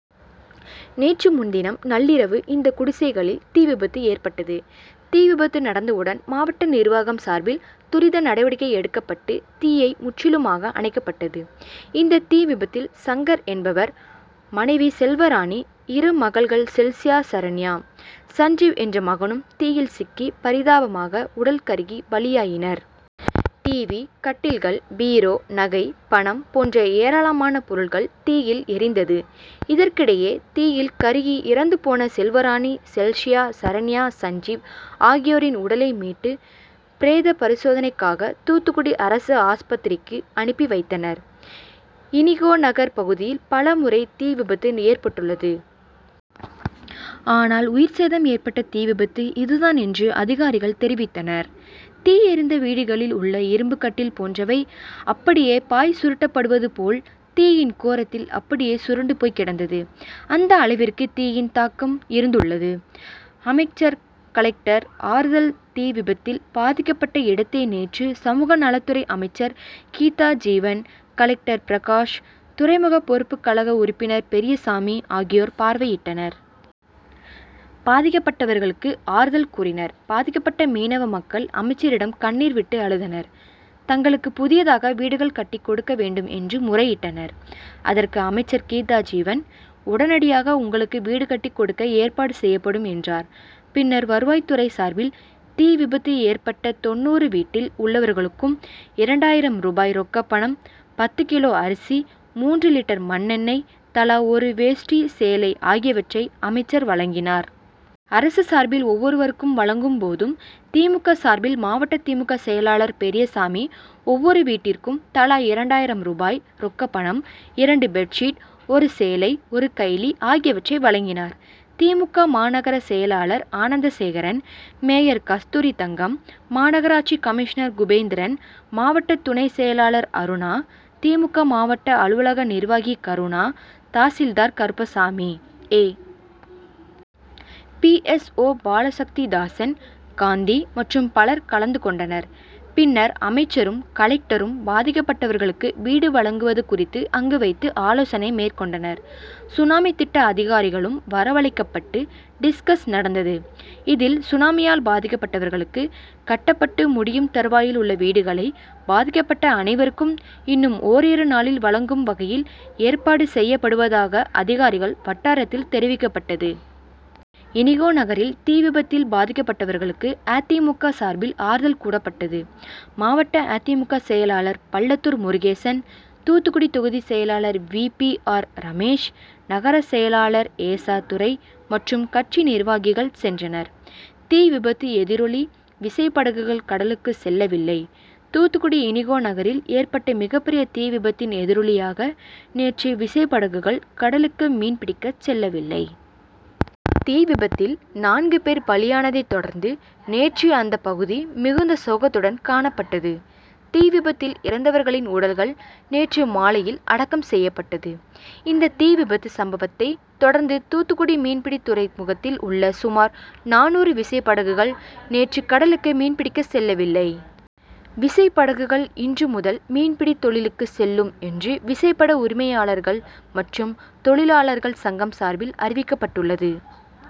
நேற்று முன்தினம் நள்ளிரவு இந்த குடிசைகளில் தீவிபத்து ஏற்பட்டது. தீவிபத்து நடந்தவுடன் மாவட்ட நிர்வாகம் சார்பில் துரித நடவடிக்கை எடுக்கப்பட்டு தீயை முற்றிலுமாக அணைக்கப்பட்டது. இந்த தீ விபத்தில் சங்கர் என்பவர் மனைவி செல்வராணி, இரு மகள்கள் செல்ஷியா, சரண்யா சஞ்ஜீவ் என்ற மகனும் தீயில் சிக்கி பரிதாபமாக உடல் கருகி பலியாயினர். டிவி, கட்டில்கள், பீரோ, நகை, பணம் போன்ற ஏராளமான பொருட்கள் தீயில் எரிந்தது. இதற்கிடையே தீயில் கருகி இறந்துபோன செல்வராணி, செல்ஷியா, சரண்யா, சஞ்ஜீவ் ஆகியோரின் உடலை மீட்டு பிரேத பரிசோதனைக்காக தூத்துக்குடி அரசு ஆஸ்பத்திரிக்கு அனுப்பி வைத்தனர். இனிகோநகர் பகுதியில் பல முறை தீவிபத்து ஏற்பட்டுள்ளது. ஆனால் உயிர்சேதம் ஏற்பட்ட தீவிபத்து இது தான் என்று அதிகாரிகள் தெரிவித்தனர். தீ எரிந்த வீடுகளில் உள்ள இரும்பு கட்டில் போன்றவை அப்படியே பாய் சுருட்டப்படுவது போல் தீயின் கோரத்தில் அப்படியே சுருண்டு போய்கிடந்தது. அந்த அளவிற்கு தீயின் தாக்கம் இருந்துள்ளது. அமைச்சர், கலெக்டர் ஆறுதல்தீவிபத்தில் பாதிக்கப்பட்ட இடத்தை நேற்று சமூகநலத்துறை அமைச்சர் கீதாஜீவன், கலெக்டர் பிரகாஷ், துறைமுக பொறுப்புக்கழக உறுப்பினர் பெரியசாமி ஆகியோர் பார்வையிட்டனர். பாதிக்கப்பட்டவர்களுக்கு ஆறுதல் கூறினர். பாதிக்கப்பட்ட மீனவ மக்கள் அமைச்சரிடம் கண்ணீர் விட்டு அழுதனர். தங்களுக்கு புதியதாக வீடுகள் கட்டி கொடுக்க வேண்டும் என்று முறையிட்டனர். அதற்கு அமைச்சர் கீதாஜீவன் உடனடியாக உங்களுக்கு வீடு கட்டி கொடுக்க ஏற்பாடு செய்யப்படும் என்றார். பின்னர் வருவாய்துறை சார்பில் தீ விபத்து ஏற்பட்ட தொண்ணூறு வீட்டில் உள்ளவர்களுக்கு இரண்டாயிரம் ரூபாய் ரொக்கப்பணம், பத்து கிலோ அரிசி, மூன்று லிட்டர் மண்ணெண்ணெய், தலா ஒரு வேஷ்டி, சேலை ஆகியவற்றை அமைச்சர் வழங்கினார். அரசு சார்பில் ஒவ்வொருவருக்கும் வழங்கும் போது திமுக சார்பில் மாவட்ட திமுக செயலாளர் பெரியசாமி ஒவ்வொரு வீட்டிற்கும் தலா இரண்டாயிரம் ரூபாய் ரொக்கப்பணம், இரண்டு பெட்சீட், ஒரு சேலை, ஒரு கைலி ஆகியவற்றை வழங்கினார். திமுக மாநகர செயலாளர் ஆனந்தசேகரன், மேயர் கஸ்தூரிதங்கம், மாநகராட்சி கமிஷினர் குபே ந்திரன், மாவட்ட துணைச் செயலாளர் அருணா, திமுக மாவட்ட அலுவலக நிர்வாகி கருணா, தாசில்தார் Karuppasamy, A. P. R. O Balasakthidasan, Gandhi மற்றும் பலர் கலந்து கொண்டனர். பின்னர் அமைச்சரும், கலெக்டரும் பாதிக்கப்பட்டவர்களுக்கு வீடு வழங்குவது குறித்து அங்கு வைத்து ஆலோசனை மேற்கொண்டனர். சுனாமி திட்ட அதிகாரிகளும் வரவழைக்கப்பட்டு டிஸ்கஸ் நடந்தது. இதில் சுனாமியால் பாதிக்கப்பட்டவர்களுக்கு கட்டப்பட்டு முடியும் தருவாயில் உள்ள வீடுகளை பாதிக்கப்பட்ட அனைவருக்கும் இன்னும் ஒரிரு நாளில் வழங்கும் வகையில் ஏற்பாடு செய்யப்படுவதாக அதிகாரிகள் வட்டாரத்தில் தெரிவிக்கப்பட்டது. இனிகோநகரில் தீவிபத்தில் பாதிக்கப்பட்டவர்களுக்கு அதிமுக சார்பில் ஆறுதல் கூறப்பட்டது. மாவட்ட அதிமுக செயலாளர் பள்ளத்தூர் முருகேசன், தூத்துக்குடி தொகுதி செயலாளர் வி. பி. ஆர். ரமேஷ், நகர செயலாளர் ஏசாதுரை மற்றும் கட்சி நிர்வாகிகள் சென்றனர். தீ விபத்து எதிரொலி விசைபடகுகள் கடலுக்கு செல்லவில்லைதூத்துக்குடி இனிகோ நகரில் ஏற்பட்ட மிகப்பெரிய தீ விபத்தின் எதிரொலியாக நேற்று விசைப்படகுகள் கடலுக்கு மீன் பிடிக்க செல்லவில்லை. தீவிபத்தில் நான்கு பேர் பலியானதை தொடர்ந்து நேற்று அந்த பகுதி மிகுந்த சோகத்துடன் காணப்பட்டது. தீ விபத்தில் இறந்தவர்களின் உடல்கள் நேற்று மாலையில் அடக்கம் செய்யப்பட்டது. இந்த தீ விபத்து சம்பவத்தை தொடர்ந்து தூத்துக்குடி மீன்பிடித் துறைமுகத்தில் உள்ள சுமார் நானூறு விசை படகுகள் நேற்று கடலுக்கு மீன்பிடிக்க செல்லவில்லை. விசைபடகுகள் இன்று முதல் மீன்பிடித் தொழிலுக்கு செல்லும் என்று விசைபடகு உரிமையாளர்கள் மற்றும் தொழிலாளர்கள் சங்கம் சார்பில் அறிவிக்கப்பட்டுள்ளது.